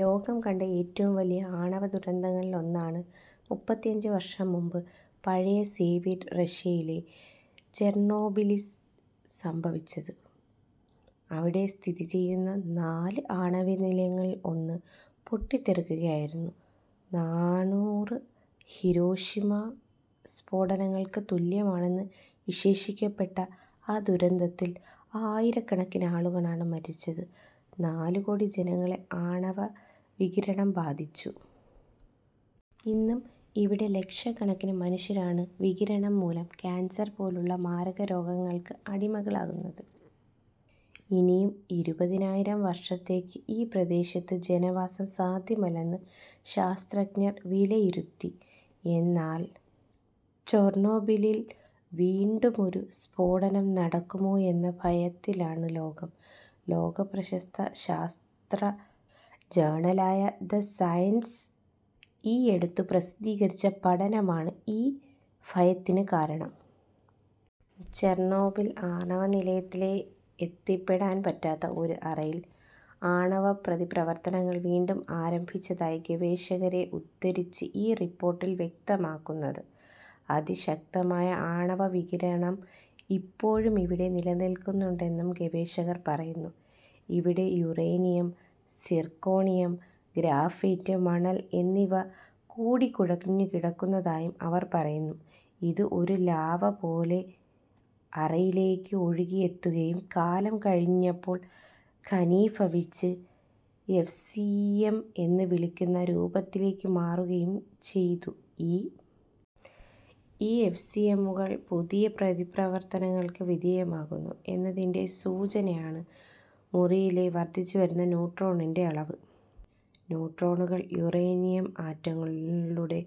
ലോകം കണ്ട ഏറ്റവും വലിയ ആണവദുരന്തങ്ങളിൽ ഒന്നാണ് മുപ്പത്തിയഞ്ച് വർഷങ്ങൾക്ക് മുമ്പ് പഴയ സോവിയറ്റ് റഷ്യയിലെ ചെർണോബിലിൽ സംഭവിച്ചത്. അവിടെ സ്ഥിതിചെയ്യുന്ന നാല് ആണവനിലയങ്ങളിൽ ഒന്ന് പൊട്ടിത്തെറിക്കുകയായിരുന്നു. നാനൂറ് ഹിരോഷിമാ സ്ഫോടനങ്ങൾക്ക് തുല്യമെന്ന് വിശേഷിപ്പിക്കപ്പെട്ട ആ ദുരന്തത്തിൽ ആയിരക്കണക്കിനാളുകളാണ് മരിച്ചത്. നാല് കോടി ജനങ്ങളെ ആണവ വികിരണം ബാധിച്ചു. ഇന്നും ഇവിടെ ലക്ഷക്കണക്കിന് മനുഷ്യരാണ് വികിരണം മൂലം കാൻസർ പോലുള്ള മാരകരോഗങ്ങൾക്ക് അടിമകളാകുന്നത്. ഇനിയും ഇരുപതിനായിരം വർഷത്തേക്ക് ഈ പ്രദേശത്ത് ജനവാസം സാധ്യമല്ലെന്ന് ശാസ്ത്രജ്ഞർ വിലയിരുത്തി. എന്നാൽ ചെർണോബിലിൽ വീണ്ടുമൊരു സ്ഫോടനം നടക്കുമോ എന്ന ഭയത്തിലാണ് ലോകം. ലോകപ്രശസ്ത ശാസ്ത്ര ജേണലായ ദ സയൻസ് ഈയടുത്ത് പ്രസിദ്ധീകരിച്ച പഠനമാണ് ഈ ഭയത്തിന് കാരണം. ചെർണോബിൽ ആണവനിലയത്തിലെ എത്തിപ്പെടാൻ പറ്റാത്ത ഒരു അറയിൽ ആണവപ്രതിപ്രവർത്തനങ്ങൾ വീണ്ടും ആരംഭിച്ചതായാണ് ഗവേഷകരെ ഉദ്ധരിച്ച് ഈ റിപ്പോർട്ട് വ്യക്തമാക്കുന്നത്. അതിശക്തമായ ആണവവികിരണം ഇപ്പോഴുമിവിടെ നിലനിൽക്കുന്നുണ്ടെന്നും ഗവേഷകർ പറയുന്നു. ഇവിടെ യുറേനിയം, സിർക്കോണിയം, ഗ്രാഫൈറ്റ്, മണൽ എന്നിവ കൂടിക്കുഴഞ്ഞുകിടക്കുന്നതായും അവർ പറയുന്നു. ഇത് ഒരു ലാവ പോലെ അറയിലേക്ക് ഒഴുകിയെത്തുകയും കാലം കഴിഞ്ഞപ്പോൾ ഖനീഭവിച്ച് എഫ്സിഎം എന്ന് വിളിക്കുന്ന രൂപത്തിലേക്ക് മാറുകയും ചെയ്തു.ഈ എഫ്സിഎമ്മുകൾ പുതിയ പ്രതിപ്രവർത്തനങ്ങൾക്ക് വിധേയമാകുന്നു എന്നതിൻ്റെ സൂചനയാണ് മുറിയിലെ വർധിച്ചുവരുന്ന ന്യൂട്രോണിൻ്റെ അളവ്. ന്യൂട്രോണുകൾ യുറേനിയം ആറ്റങ്ങളുടെ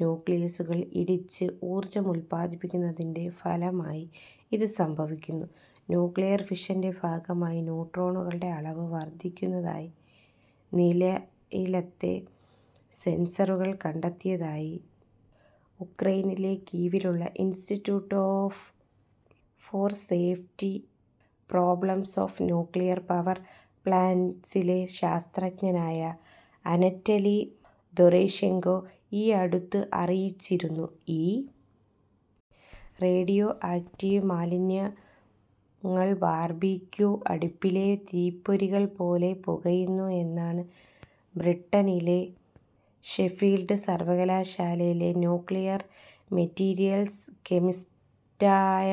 ന്യൂക്ലിയസുകളിൽ ഇടിച്ച് ഊർജം ഉൽപാദിപ്പിക്കുന്നതിൻ്റെ ഫലമായാണ് ഇത് സംഭവിക്കുന്നത്. ന്യൂക്ലിയർ ഫിഷൻ്റെ ഭാഗമായി ന്യൂട്രോണുകളുടെ അളവ് വർധിക്കുന്നതായി നിലയത്തിലെ സെൻസറുകൾ കണ്ടെത്തിയതായി ഉക്രെയ്നിലെ കീവിലുള്ള institute for safety problems of nuclear power പ്ലാന്റ്സിലെ ശാസ്ത്രജ്ഞനായ അനറ്റലി ദോറോഷെങ്കോ ഈയടുത്ത് അറിയിച്ചിരുന്നു.ഈ റേഡിയോ ആക്ടീവ് മാലിന്യങ്ങൾ ബാർബിക്യൂ അടുപ്പിലെ തീപ്പൊരികൾ പോലെ പുകയുന്നു എന്നാണ് ബ്രിട്ടനിലെ ഷെഫീൽഡ് സർവകലാശാലയിലെ ന്യൂക്ലിയർ മെറ്റീരിയൽസ് കെമിസ്റ്റായ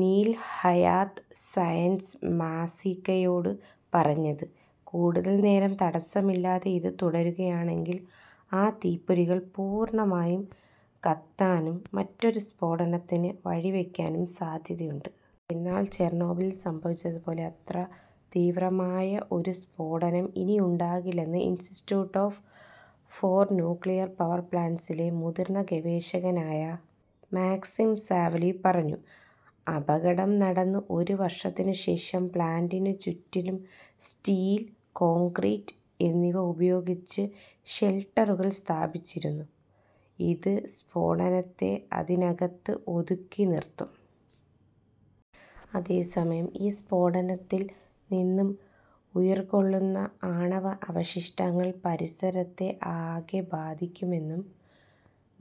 നീൽ ഹയാത്ത് സയൻസ് മാസികയോട് പറഞ്ഞത്. കൂടുതൽ നേരം തടസ്സമില്ലാതെ ഇത് തുടരുകയാണെങ്കിൽ ആ തീപ്പൊരികൾ പൂർണമായും കത്താനും മറ്റൊരു സ്ഫോടനത്തിന് വഴിവയ്ക്കാനും സാധ്യതയുണ്ട്. എന്നാൽ ചെർണോബിലിൽ സംഭവിച്ചത് പോലെ അത്ര തീവ്രമായ ഒരു സ്ഫോടനം ഇനിയുണ്ടാകില്ലെന്ന് ഇൻസ്റ്റിറ്റ്യൂട്ട് ഫോർ ന്യൂക്ലിയർ പവർ പ്ലാന്റ്സിലെ മുതിർന്ന ഗവേഷകനായ മാക്സിം സാവലീവ് പറഞ്ഞു. അപകടം നടന്ന് ഒരു വർഷത്തിനുശേഷം പ്ലാന്റിനു ചുറ്റിലും സ്റ്റീൽ, കോൺക്രീറ്റ് എന്നിവ ഉപയോഗിച്ച് ഷെൽട്ടറുകൾ സ്ഥാപിച്ചിരുന്നു. ഇത് സ്ഫോടനത്തെ അതിനകത്ത് ഒതുക്കിനിർത്തും. അതേസമയം ഈ സ്ഫോടനത്തിൽ നിന്ന് ഉയിർകൊള്ളുന്ന ആണവ അവശിഷ്ടങ്ങൾ പരിസരത്തെ ആകെ ബാധിക്കുമെന്നും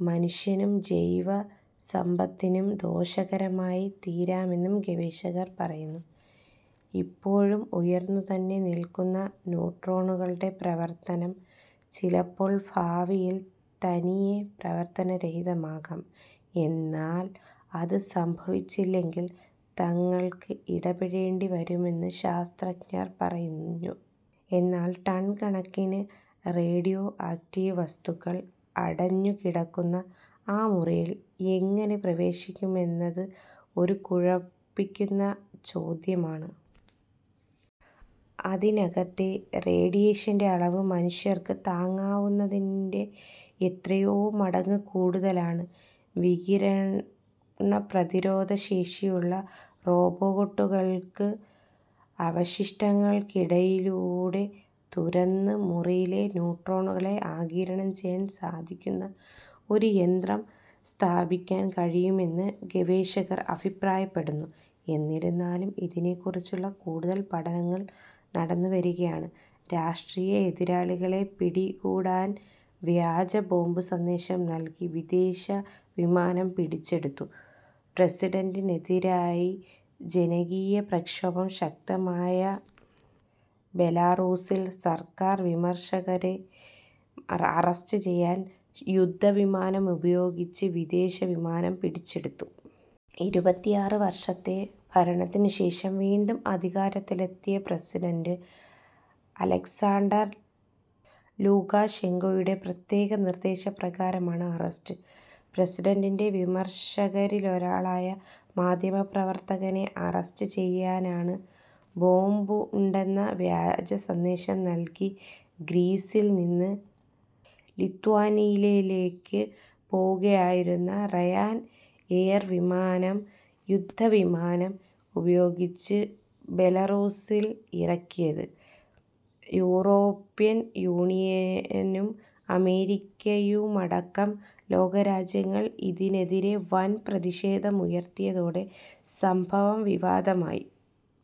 മനുഷ്യനും ജൈവസമ്പത്തിനും ദോഷകരമായി തീരാമെന്നും ഗവേഷകർ പറയുന്നു. ഇപ്പോഴും ഉയർന്നുതന്നെ നിലനിൽക്കുന്ന ന്യൂട്രോണുകളുടെ പ്രവർത്തനം ചിലപ്പോൾ ഭാവിയിൽ തനിയെ പ്രവർത്തനരഹിതമാകാം. എന്നാൽ അത് സംഭവിച്ചില്ലെങ്കിൽ തങ്ങൾക്ക് ഇടപെടേണ്ടിവരുമെന്ന് ശാസ്ത്രജ്ഞർ പറഞ്ഞു. എന്നാൽ ടൺ കണക്കിന് റേഡിയോ ആക്ടീവ് വസ്തുക്കൾ അടിഞ്ഞുകിടക്കുന്ന ആ മുറിയിൽ എങ്ങനെ പ്രവേശിക്കുമെന്നത് ഒരു കുഴപ്പിക്കുന്ന ചോദ്യമാണ്. അതിനകത്തെ റേഡിയേഷൻ്റെ അളവ് മനുഷ്യർക്ക് താങ്ങാനാവുന്നതിൻ്റെ എത്രയോ മടങ്ങ് കൂടുതലാണ്. വികിരണ പ്രതിരോധശേഷിയുള്ള റോബോട്ടുകൾക്ക് അവശിഷ്ടങ്ങൾക്കിടയിലൂടെ തുരന്ന് മുറിയിലെ ന്യൂട്രോണുകളെ ആഗിരണം ചെയ്യാൻ സാധിക്കുന്ന ഒരു യന്ത്രം സ്ഥാപിക്കാൻ കഴിയുമെന്ന് ഗവേഷകർ അഭിപ്രായപ്പെടുന്നു. എന്നിരുന്നാലും ഇതിനെക്കുറിച്ചുള്ള കൂടുതൽ പഠനങ്ങൾ നടന്നുവരികയാണ്. രാഷ്ട്രീയ എതിരാളിയെ പിടികൂടാൻ വ്യാജ ബോംബ് സന്ദേശം നൽകി വിദേശവിമാനം പിടിച്ചെടുത്തുപ്രസിഡന്റിനെതിരായ ജനകീയ പ്രക്ഷോഭം ശക്തമായ ബെലാറൂസിൽ സർക്കാർ വിമർശകനെ അറസ്റ്റ് ചെയ്യാൻ യുദ്ധവിമാനം ഉപയോഗിച്ച് വിദേശവിമാനം പിടിച്ചെടുത്തു. ഇരുപത്തിയാറ് വർഷത്തെ ഭരണത്തിനുശേഷം വീണ്ടും അധികാരത്തിലെത്തിയ പ്രസിഡന്റ് അലക്സാണ്ടർ ലുകാഷെങ്കോയുടെ പ്രത്യേക നിർദേശപ്രകാരമാണ് അറസ്റ്റ്. പ്രസിഡന്റിൻ്റെ വിമർശകരിലൊരാളായ മാധ്യമപ്രവർത്തകനെ അറസ്റ്റ് ചെയ്യാനാണ് ബോംബുണ്ടെന്ന വ്യാജസന്ദേശം നൽകി ഗ്രീസിൽനിന്ന് ലിത്വാനിയയിലേക്ക് പോവുകയായിരുന്ന റയാൻ എയർ വിമാനം യുദ്ധവിമാനം ഉപയോഗിച്ച് ബെലാറൂസിൽ ഇറക്കിയത്. യൂറോപ്യൻ യൂണിയനും അമേരിക്കയുമടക്കം ലോകരാജ്യങ്ങൾ ഇതിനെതിരെ വൻ പ്രതിഷേധം ഉയർത്തിയതോടെ സംഭവം വിവാദമായി.